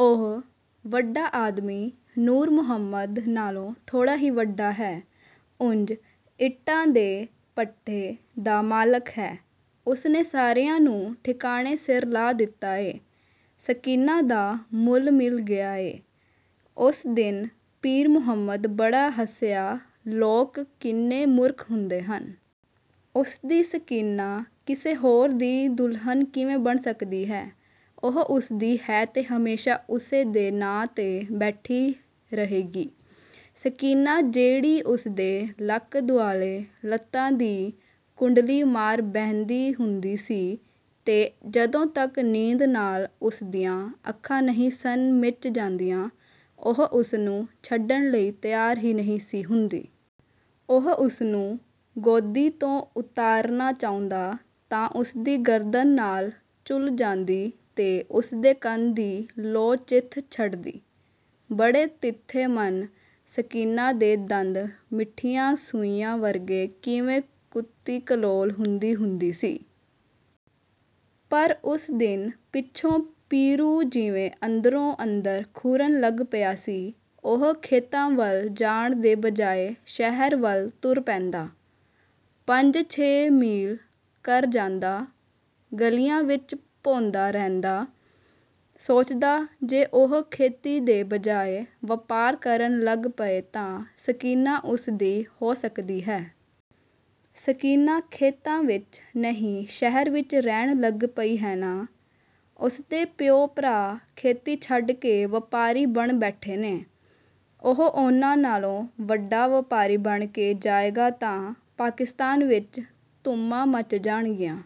ਉਹ ਵੱਡਾ ਆਦਮੀ ਨੂਰ ਮੁਹੰਮਦ ਨਾਲੋਂ ਥੋੜ੍ਹਾ ਹੀ ਵੱਡਾ ਹੈ। ਉਂਜ ਇੱਟਾਂ ਦੇ ਭੱਠੇ ਦਾ ਮਾਲਕ ਹੈ। ਉਸਨੇ ਸਾਰਿਆਂ ਨੂੰ ਠਿਕਾਣੇ ਸਿਰ ਲਾ ਦਿੱਤਾ ਏ। ਸਕੀਨਾ ਦਾ ਮੁੱਲ ਮਿਲ ਗਿਆ ਏ। ਉਸ ਦਿਨ ਪੀਰ ਮੁਹੰਮਦ ਬੜਾ ਹੱਸਿਆ, ਲੋਕ ਕਿੰਨੇ ਮੂਰਖ ਹੁੰਦੇ ਹਨ। ਉਸਦੀ ਸਕੀਨਾ ਕਿਸੇ ਹੋਰ ਦੀ ਦੁਲਹਨ ਕਿਵੇਂ ਬਣ ਸਕਦੀ ਹੈ। ਉਹ ਉਸਦੀ ਹੈ ਤੇ ਹਮੇਸ਼ਾ ਉਸੇ ਦੇ ਨਾਂ 'ਤੇ ਬੈਠੀ ਰਹੇਗੀ। ਸਕੀਨਾ ਜਿਹੜੀ ਉਸਦੇ ਲੱਕ ਦੁਆਲੇ ਲੱਤਾਂ ਦੀ ਕੁੰਡਲੀ ਮਾਰ ਬਹਿੰਦੀ ਹੁੰਦੀ ਸੀ ਤੇ ਜਦੋਂ ਤੱਕ ਨੀਂਦ ਨਾਲ ਉਸਦੀਆਂ ਅੱਖਾਂ ਨਹੀਂ ਸਨ ਮੀਚ ਜਾਂਦੀਆਂ, ਉਹ ਉਸਨੂੰ ਛੱਡਣ ਲਈ ਤਿਆਰ ਹੀ ਨਹੀਂ ਸੀ ਹੁੰਦੀ। ਉਹ ਉਸਨੂੰ ਗੋਦੀ ਤੋਂ ਉਤਾਰਨਾ ਚਾਹੁੰਦਾ ਤਾਂ ਉਸਦੀ ਗਰਦਨ ਨਾਲ ਝੂਲ ਜਾਂਦੀ ਤੇ ਉਸਦੇ ਕੰਨ ਦੀ ਲੌ ਚਿੱਥ ਛੱਡਦੀ। ਬੜੇ ਤਿੱਖੇ ਸਨ, ਸਕੀਨਾ ਦੇ ਦੰਦ ਮਿੱਠੀਆਂ ਸੂਈਆਂ ਵਰਗੇ ਕਿਵੇਂ ਕੁੱਤੀ-ਕਲੋਲ ਹੁੰਦੀ ਹੁੰਦੀ ਸੀ। ਪਰ ਉਸ ਦਿਨ ਪਿੱਛੋਂ ਪੀਰੂ ਜਿਵੇਂ ਅੰਦਰੋਂ ਅੰਦਰ ਖੁਰਨ ਲੱਗ ਪਿਆ ਸੀ। ਉਹ ਖੇਤਾਂ ਵੱਲ ਜਾਣ ਦੇ ਬਜਾਏ ਸ਼ਹਿਰ ਵੱਲ ਤੁਰ ਪੈਂਦਾ। ਪੰਜ-ਛੇ ਮੀਲ ਕਰ ਜਾਂਦਾ। ਗਲੀਆਂ ਵਿੱਚ ਭੌਂਦਾ ਰਹਿੰਦਾ। ਸੋਚਦਾ, ਜੇ ਉਹ ਖੇਤੀ ਦੇ ਬਜਾਏ ਵਪਾਰ ਕਰਨ ਲੱਗ ਪਏ ਤਾਂ ਸਕੀਨਾ ਉਸਦੀ ਹੋ ਸਕਦੀ ਹੈ। ਸਕੀਨਾ ਖੇਤਾਂ ਵਿੱਚ ਨਹੀਂ ਸ਼ਹਿਰ ਵਿੱਚ ਰਹਿਣ ਲੱਗ ਪਈ ਹੈ ਨਾ। ਉਸਦੇ ਪਿਓ-ਭਰਾ ਖੇਤੀ ਛੱਡ ਕੇ ਵਪਾਰੀ ਬਣ ਬੈਠੇ ਨੇ। ਉਹ ਉਹਨਾਂ ਨਾਲੋਂ ਵੱਡਾ ਵਪਾਰੀ ਬਣ ਕੇ ਜਾਏਗਾ ਤਾਂ ਪਾਕਿਸਤਾਨ ਵਿੱਚ ਧੂਮਾਂ ਮੱਚ ਜਾਣਗੀਆਂ।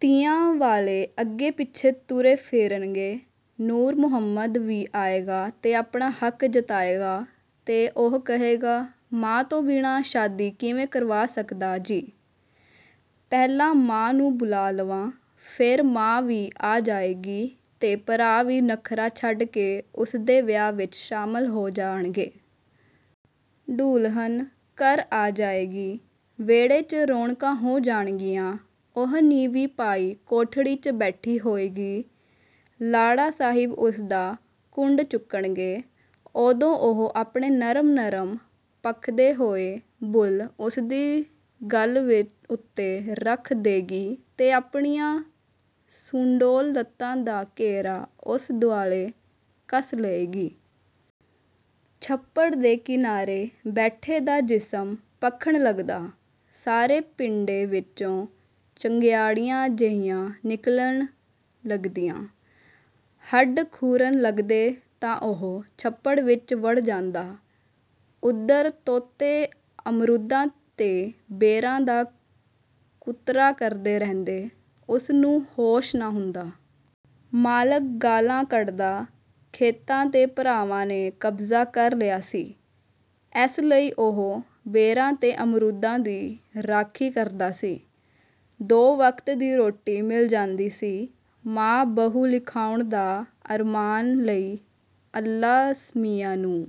ਧੀਆਂ ਵਾਲੇ ਅੱਗੇ-ਪਿੱਛੇ ਤੁਰੇ ਫਿਰਨਗੇ। ਨੂਰ ਮੁਹੰਮਦ ਵੀ ਆਏਗਾ ਤੇ ਆਪਣਾ ਹੱਕ ਜਤਾਏਗਾ ਤੇ ਉਹ ਕਹੇਗਾ,"ਮਾਂ ਤੋਂ ਬਿਨਾਂ ਸ਼ਾਦੀ ਕਿਵੇਂ ਕਰਵਾ ਸਕਦਾਂ ਜੀ, ਪਹਿਲਾਂ ਮਾਂ ਨੂੰ ਬੁਲਾ ਲਵਾਂ।"ਫਿਰ ਮਾਂ ਵੀ ਆ ਜਾਏਗੀ ਤੇ ਭਰਾ ਵੀ ਨਖ਼ਰਾ ਛੱਡ ਕੇ ਉਸਦੇ ਵਿਆਹ ਵਿੱਚ ਸ਼ਾਮਲ ਹੋ ਜਾਣਗੇ। ਦੁਲਹਨ ਘਰ ਆ ਜਾਏਗੀ। ਵਿਹੜੇ 'ਚ ਰੌਣਕਾਂ ਹੋ ਜਾਣਗੀਆਂ। ਉਹ ਨੀਵੀਂ ਪਾਈ ਕੋਠੜੀ 'ਚ ਬੈਠੀ ਹੋਏਗੀ। ਲਾੜਾ ਸਾਹਿਬ ਉਸਦਾ ਘੁੰਡ ਚੁੱਕਣਗੇ। ਉਦੋਂ ਉਹ ਆਪਣੇ ਨਰਮ-ਨਰਮ ਭਖਦੇ ਹੋਏ ਬੁੱਲ੍ਹ ਉਸਦੀ ਗੱਲ੍ਹ ਉੱਤੇ ਰੱਖ ਦੇਗੀ ਤੇ ਆਪਣੀਆਂ ਸੁਡੌਲ ਲੱਤਾਂ ਦਾ ਘੇਰਾ ਉਸ ਦੁਆਲੇ ਕੱਸ ਲਏਗੀ। ਛੱਪੜ ਦੇ ਕਿਨਾਰੇ ਬੈਠੇ ਦਾ ਜਿਸਮ ਭਖਣ ਲੱਗਦਾ, ਸਾਰੇ ਪਿੰਡੇ ਵਿੱਚੋਂ ਚੰਗਿਆੜੀਆਂ ਜਿਹੀਆਂ ਨਿਕਲਣ ਲੱਗਦੀਆਂ, ਹੱਡ ਖੁਰਨ ਲੱਗਦੇ ਤਾਂ ਉਹ ਛੱਪੜ ਵਿੱਚ ਵੜ ਜਾਂਦਾ। ਉਧਰ ਤੋਤੇ ਅਮਰੂਦਾਂ ਤੇ ਬੇਰਾਂ ਦਾ ਕੁਤਰਾ ਕਰਦੇ ਰਹਿੰਦੇ, ਉਸ ਨੂੰ ਹੋਸ਼ ਨਾ ਹੁੰਦਾ। ਮਾਲਕ ਗਾਲ੍ਹਾਂ ਕੱਢਦਾ। ਖੇਤਾਂ 'ਤੇ ਭਰਾਵਾਂ ਨੇ ਕਬਜ਼ਾ ਕਰ ਲਿਆ ਸੀ, ਇਸ ਲਈ ਉਹ ਬੇਰਾਂ ਤੇ ਅਮਰੂਦਾਂ ਦੀ ਰਾਖੀ ਕਰਦਾ ਸੀ। ਦੋ ਵਕਤ ਦੀ ਰੋਟੀ ਮਿਲ ਜਾਂਦੀ ਸੀ। ਮਾਂ, ਬਹੂ ਲਿਆਉਣ ਦਾ ਅਰਮਾਨ ਲਈ ਅੱਲਾ ਮੀਆਂ ਨੂੰ।